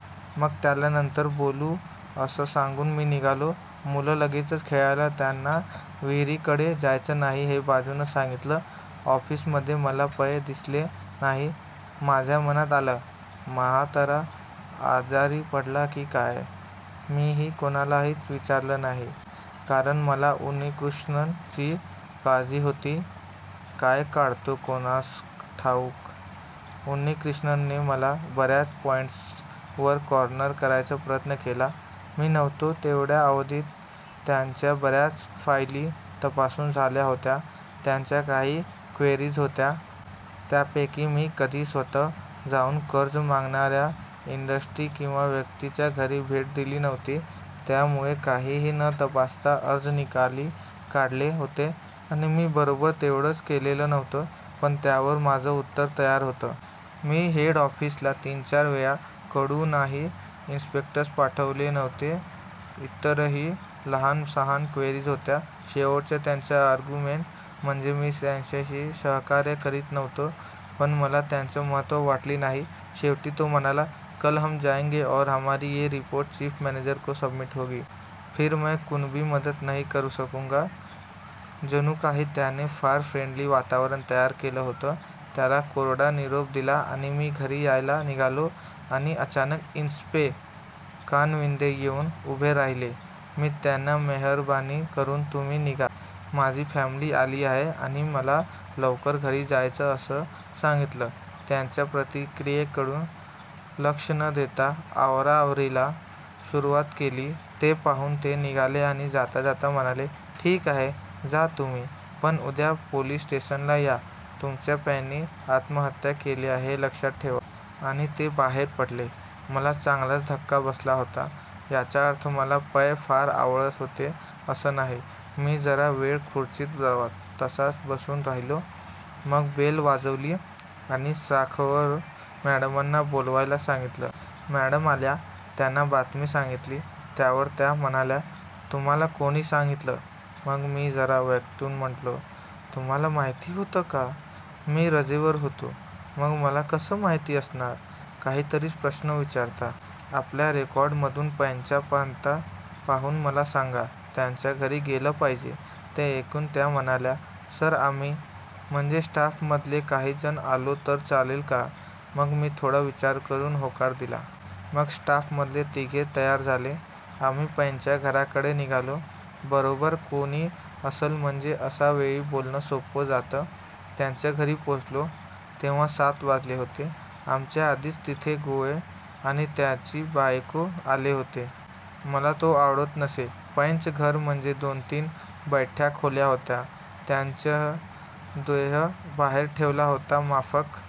मग त्याला नंतर बोलू असं सांगून मी निघालो. मुलं लगेचंच खेळायला. त्यांना विहीरीकडे जायचं नाही हे बजावून सांगितलं. ऑफिसमध्ये मला पै दिसले नाही. माझ्या मनात आलं, म्हातारा आजारी पडला की काय? मीही कोणालाही विचारलं नाही. कारण मला उन्नीकृष्णन ची काळजी होती. काय काढतो कोणास ठाऊक? उन्नीकृष्णनने मला बऱ्याच पॉईंट्स वर कॉर्नर करायचा प्रयत्न केला. मी नव्हतो तेवढ्या अवधीत त्यांच्या बऱ्याच फायली तपासून झाल्या होत्या. त्यांच्या काही क्वेरीज होत्या. त्यापैकी मी कधी स्वतः जाऊन कर्ज मागणाऱ्या इंडस्ट्री किंवा व्यक्तीच्या घरी भेट दिली नव्हती. त्यामुळे काहीही न तपासता अर्ज निकाली काढले होते. आणि मी बरोबर तेवढंच केलेलं नव्हतं. पण त्यावर माझं उत्तर तयार होतं. मी हेडऑफिसला तीनचार वेळा कळवूनही इन्स्पेक्टर्स पाठवले नव्हते. इतरही लहान सहान क्वेरिज होत्या. शेवटचं त्यांचं अर्ग्यूमेंट म्हणजे मी त्याच्याशी सहकार्य करीत नव्हतो. पण मला त्याचं महत्व वाटलं नाही. शेवटी तो म्हणाला," कल हम जायेंगे और हमारी ये रिपोर्ट चीफ मॅनेजर को सबमिट होगी. फिर मैं कुणबी मदत नहीं कर सकूंगा" जणूकाही त्याने फार फ्रेंडली वातावरण तयार केलं होतं. त्याला कोरडा निरोप दिला आणि मी घरी यायला निघालो. आणि अचानक इन्स्पे. कानविंदे येऊन उभे राहिले. मी त्यांना मेहरबानी करुन तुम्ही निघा. माझी फॅमिली आली आहे आणि मला लवकर घरी जायचंय असं सांगितलं. त्यांच्या प्रतिक्रियेकडे लक्ष न देता आवराआवरीला सुरुवात केली. ते पाहून ते निघाले आणि जाता जाता म्हणाले," ठीक आहे, जा तुम्ही, पण उद्या पोलिस स्टेशनला या, तुमच्या पैंनी आत्महत्या केलिये हे लक्षात ठेवा. " आणि ते बाहेर पडले. मला चांगलाच धक्का बसला होता. याचा अर्थ मला पै फार आवडत होते असं नाही. मी जरा वेळ खुर्चीत तसाच बसून राहिलो. मग बेल वाजवली, आणि साखळकर मॅडमना बोलवायला सांगितलं. मॅडम आल्या. त्यांना बातमी सांगितली. त्यावर त्या म्हणाल्या," तुम्हाला कोणी सांगितलं? " मग मी जरा वैतागून म्हंटलं, " तुम्हाला माहिती होतं का? मी रजेवर होतो, मग मला कसं माहित असणार? काहीतरीच प्रश्न विचारता. आपल्या रेकॉर्ड मधून पैंचा पत्ता पाहून मला सांगा. त्यांच्या घरी गेलं पाहिजे. " ते ऐकून त्या म्हणाल्या," सर आम्ही, म्हणजे स्टाफमधले काही जण आलो तर चालेल का? " मग मी थोडा विचार करून होकार दिला. मग स्टाफमधले तिघे तयार झाले. आम्ही पैंच्या घराकडे निघालो. बरोबर कोणी असलं म्हणजे अशा वेळी बोलणं सोपं जातं. त्यांच्या घरी पोहोचलो, तेव्हा सात वाजले होते. आमच्या आधीच तिथे गोळे आणि त्याची बायको आले होते. मला तो आवडत नसे. पैंचं घर म्हणजे दोन तीन बैठ्या खोल्या होत्या. त्यांचा देह बाहेर ठेवला होता माफक